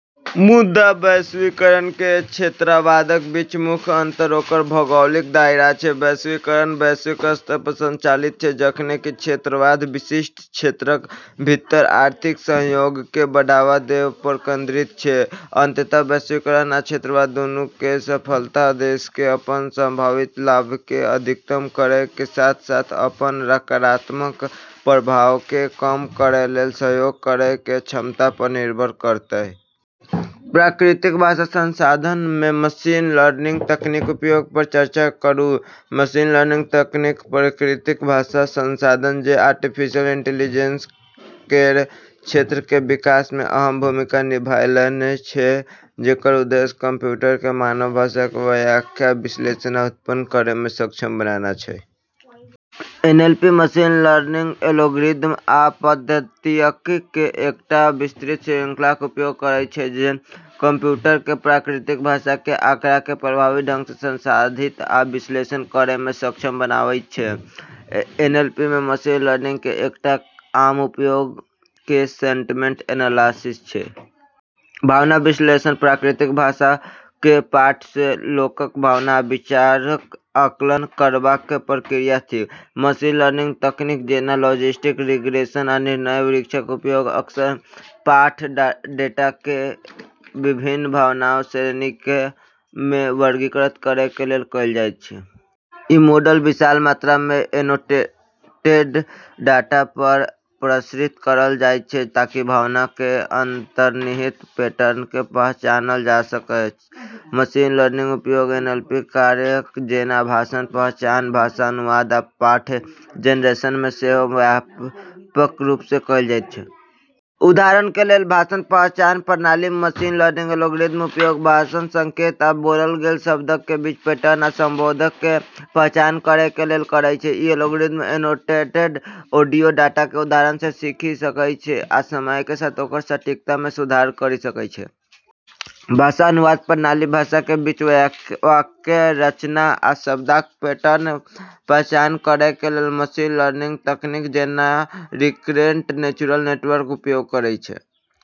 मुदा वैश्वीकरण आ क्षेत्रवादक बीच मुख्य अंतर ओकर भौगोलिक दायरा छै। वैश्वीकरण वैश्विक स्तर पर संचालित छै, जखन कि क्षेत्रवाद विशिष्ट क्षेत्रक भीतर आर्थिक सहयोगकें बढ़ावा देवै पर केंद्रित छै। अंततः वैश्वीकरण आ क्षेत्रवाद दूनू के सफलता देशकें अपन संभावित लाभकें अधिकतम करै के साथ-साथ अपन नकारात्मक प्रभावकें कम करै लेल सहयोग करै के क्षमता पर निर्भर करतै। प्राकृतिक भाषा संसाधन (एनएलपी) मे मशीन लर्निंग तकनीकक उपयोग पर चर्चा करूं। मशीन लर्निंग तकनीक प्राकृतिक भाषा संसाधन (एनएलपी), जे आर्टिफिशियल इंटेलिजेंस (एआई) केर क्षेत्र के विकास मे अहम भूमिका निभैलनए छै, जेकर उद्देश्य कंप्यूटरकें मानव भाषा के व्याख्या, विश्लेषण आ उत्पन्न करै मे सक्षम बनाना छै। एनएलपी मशीन लर्निंग एल्गोरिदम आ पद्धतियक के एकटा विस्तृत श्रृंखलाक उपयोग करयत छै जे कंप्यूटरकें प्राकृतिक भाषा के आंकड़ाकें प्रभावी ढंग सं संसाधित आ विश्लेषण करय मे सक्षम बनायत छै। एनएलपी मे मशीन लर्निंग के एकटा आम उपयोग केस सेंटमेंट एनालिसिस छै। भावना विश्लेषण प्राकृतिक भाषाक पाठ सँ लोकक भावना आ विचारक आकलन करबाक प्रक्रिया थिक। मशीन लर्निंग तकनीक जेना लॉजिस्टिक रिग्रेशन आ निर्णय वृक्षक उपयोग अक्सर पाठ डेटाकें विभिन्न भावना श्रेणीक मे वर्गीकृत करै के लेल कैल जाइत छै। ई मॉडलकें विशाल मात्रा मे एनोटेटेड डाटा पर प्रशिक्षित करलऽ जाइत छै ताकि भावना केर अंतर्निहित पैटर्नकें पहचानलऽ जा सकै। मशीन लर्निंगक उपयोग एनएलपी कार्यक जेना भाषण पहचान, भाषा अनुवाद, आ पाठ जनरेशन मे सेहो व्यापक रूप सं कैल जाइत छै। उदाहरण के लेल, भाषण पहचान प्रणाली मशीन लर्निंग एल्गोरिदमक उपयोग भाषण संकेत आ बोलल गेल शब्दक बीच पैटर्न आ संबंधककें पहचान करय के लेल करै छै। ई एल्गोरिदम एनोटेटेड ऑडियो डाटा के उदाहरण सँ सीखि सकै छै आ समय के साथ ओकर सटीकता मे सुधार करि सकै छै। भाषा अनुवाद प्रणाली भाषाक बीच वाक्य रचना आ शब्दार्थ पैटर्नकें पहचान करय के लेल मशीन लर्निंग तकनीक जेना रिकरेंट न्यूरल नेटवर्कक उपयोग करै छै।